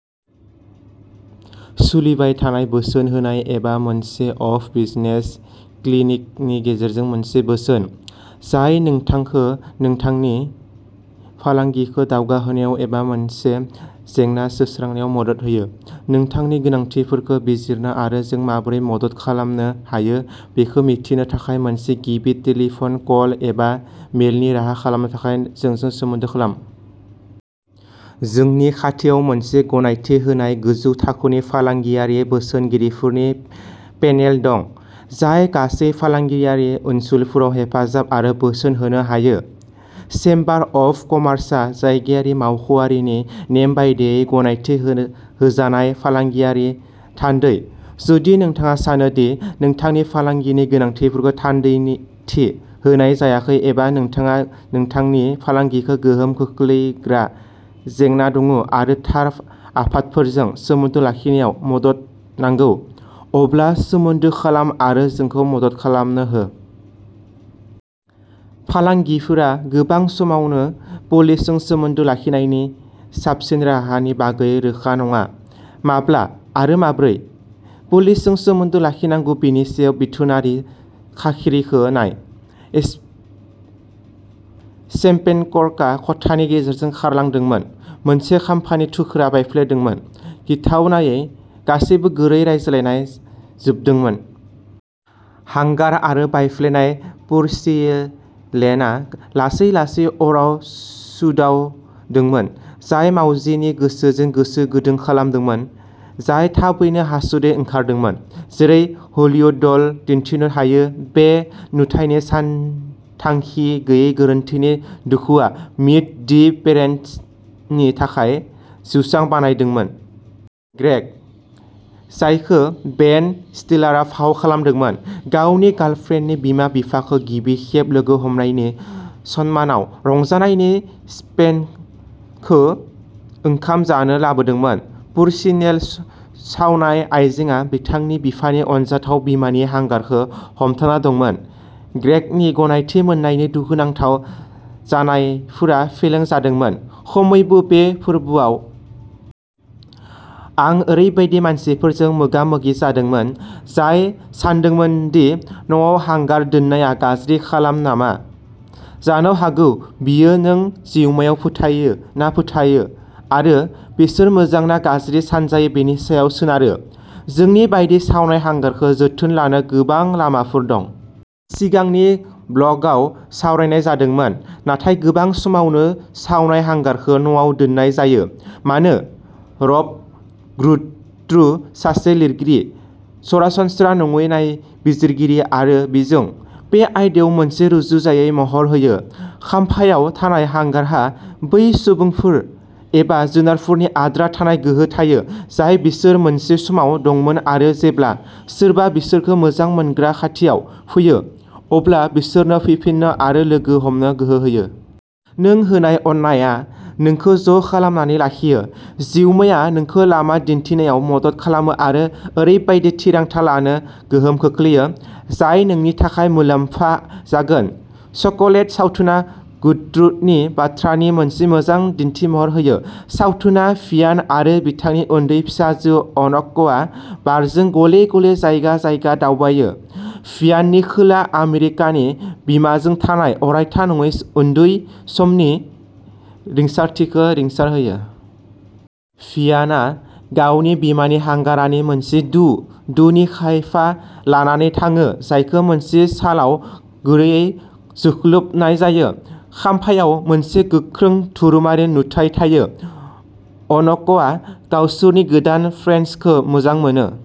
सोलिबाय थानाय बोसोन होनाय एबा मोनसे अफ बिजनेस क्लिनिकनि गेजेरजों मोनसे बोसोन, जाय नोंथांखौ नोंथांनि फालांगिखौ दावगाहोनायाव एबा मोनसे जेंना सुस्रांनायाव मदद होयो। नोंथांनि गोनांथिफोरखौ बिजिरनो आरो जों माबोरै मदद खालामनो हायो बेखौ मिथिनो थाखाय मोनसे गिबि टेलीफन कल एबा मेलनि राहा खालामनो थाखाय जोंजों सोमोन्दो खालाम। जोंनि खाथियाव मोनसे गनायथि होजानाय, गोजौ थाखोनि फालांगियारि बोसोनगिरिफोरनि पेनेल दं, जाय गासै फालांगियारि ओनसोलफोराव हेफाजाब आरो बोसोन होनो हायो। चेम्बार अफ कमार्सआ जायगायारि मावख'आरिनि नेम बायदियै गनायथि होनो होजानाय फालांगियारि थान्दै। जुदि नोंथाङा सानो दि नोंथांनि फालांगिनि गोनांथिफोरखौ थान्दैथि होनाय जायाखै एबा नोंथाङा नोंथांनि फालांगिखौ गोहोम खोख्लैग्रा जेंना दङ' आरो थार आफादफोरजों सोमोन्दो लाखिनायाव मदद नांगौ, अब्ला सोमोन्दो खालाम आरो जोंखौ मदद खालामनो हो। फालांगिफोरा गोबां समावनो पुलिसजों सोमोन्दो लाखिनायनि साबसिन राहानि बागै रोखा नङा। 'माब्ला' आरो 'माबोरै' पुलिसजों सोमोन्दो लाखिनांगौ बेनि सायाव बिथोनारि खाख्रिखौ नाय। एस शैम्पेन कर्कआ खथानि गेजेरजों खारलांदोंमोन, मोनसे खामफानि थुख्रा बायफ्लेदोंमोन। गिथावनायै, गासैबो गुरै रायज्लायनाया जोबदोंमोन। हांगार आरो बायफ्लेनाय पोरसिलेनआ लासै लासै अराव सौदावदोंमोन, जाय मावजिनि गोसोजों गोसो गुदुं खालामदोंमोन, जाय थाबैनो हासुदै ओंखारदोंमोन। जेरै हलिउदल' दिन्थिनो हायो, बे नुथायनि सानथांखि गैयै गोरोन्थिनि दुखुआ मीट दि पेरेन्ट्सनि थाखाय जौसां बानायदोंमोन। ग्रेग, जायखौ बेन स्टिलारआ फाव खालामदोंमोन, गावनि गार्लफ्रेन्डनि बिमा-बिफाखौ गिबि खेब लोगो हमनायनि सन्मानाव रंजानायनि शैम्पेनखौ ओंखाम जानो लाबोदोंमोन। पोरसिलेन सावनाय आयजेंआ बिथांनि बिफानि अनजाथाव बिमानि हांगारखौ हमथाना दंमोन। ग्रेगनि गनायथि मोन्नायनि दुखुनांथाव नाजानायफोरा फेलें जादोंमोन खमैबो बे फोरबोआव। आं ओरैबायदि मानसिफोरजों मोगामोगि जादोंमोन, जाय सानदोंमोन दि न'आव हांगार दोननाया गाज्रि खाफाल नामा। जानो हागौ बेयो नों जिउमायाव फोथायो ना फोथायो, आरो बिसोर मोजां ना गाज्रि सानजायो बेनि सायाव सोनारो। जोंनि बायदि सावनाय हांगारखौ जोथोन लानो गोबां लामाफोर दं। सिगांनि ब्लगआव सावरायनाय जादोंमोन। नाथाय गोबां समावनो, सावनाय हांगारखौ न'आव दोननाय जायो। मानो? रब गुट्रो, सासे लिरगिरि, सरासनस्रा नङै नायबिजिरगिरि आरो बिजों, बे आयदायाव मोनसे रुजुजायै महर होयो। खामफायाव थानाय हांगारहा बै सुबुंफोर एबा जुनारफोरनि आद्रा थानाय गोहो थायो, जाय बिसोर मोनसे समाव दंमोन आरो जेब्ला सोरबा बिसोरखौ मोजां मोनग्रा खाथियाव फैयो, अब्ला बिसोरनो फैफिननो आरो लोगो हमनो गोहो होयो। नों होनाय अननाया नोंखौ ज' खालामनानै लाखियो। जिउमाया जोंखौ लामा दिन्थिनायाव मदद खालामो आरो ओरैबायदि थिरांथा लानो गोहोम खोख्लैयो, जाय जोंनि थाखाय मुलाम्फा जागोन। चक'लेट सावथुना गुट्रोनि बाथ्रानि मोनसे मोजां दिन्थिमहर होयो। सावथुना भियान आरो बिथांनि उन्दै फिसाजो अन'कआ बारजों गले-गले जायगा-जायगा दावबायो, भियाननि खोला आमेरिकानि बिमाजों थानाय अरायथा नङै उन्दै समनि रिंसारथिखौ रिंसारहोयो। भियानआ गावनि बिमानि हांगारानि मोनसे दो दोनि खामफा लानानै थाङो, जायखौ मोनसे शालाव गुरैयै जोख्लोबनाय जायो। खामफायाव मोनसे गोख्रों धोरोमारि नुथाइ थायो। अन'कआ गावसोरनि गोदान फ्रेन्सखौ मोजां मोनो।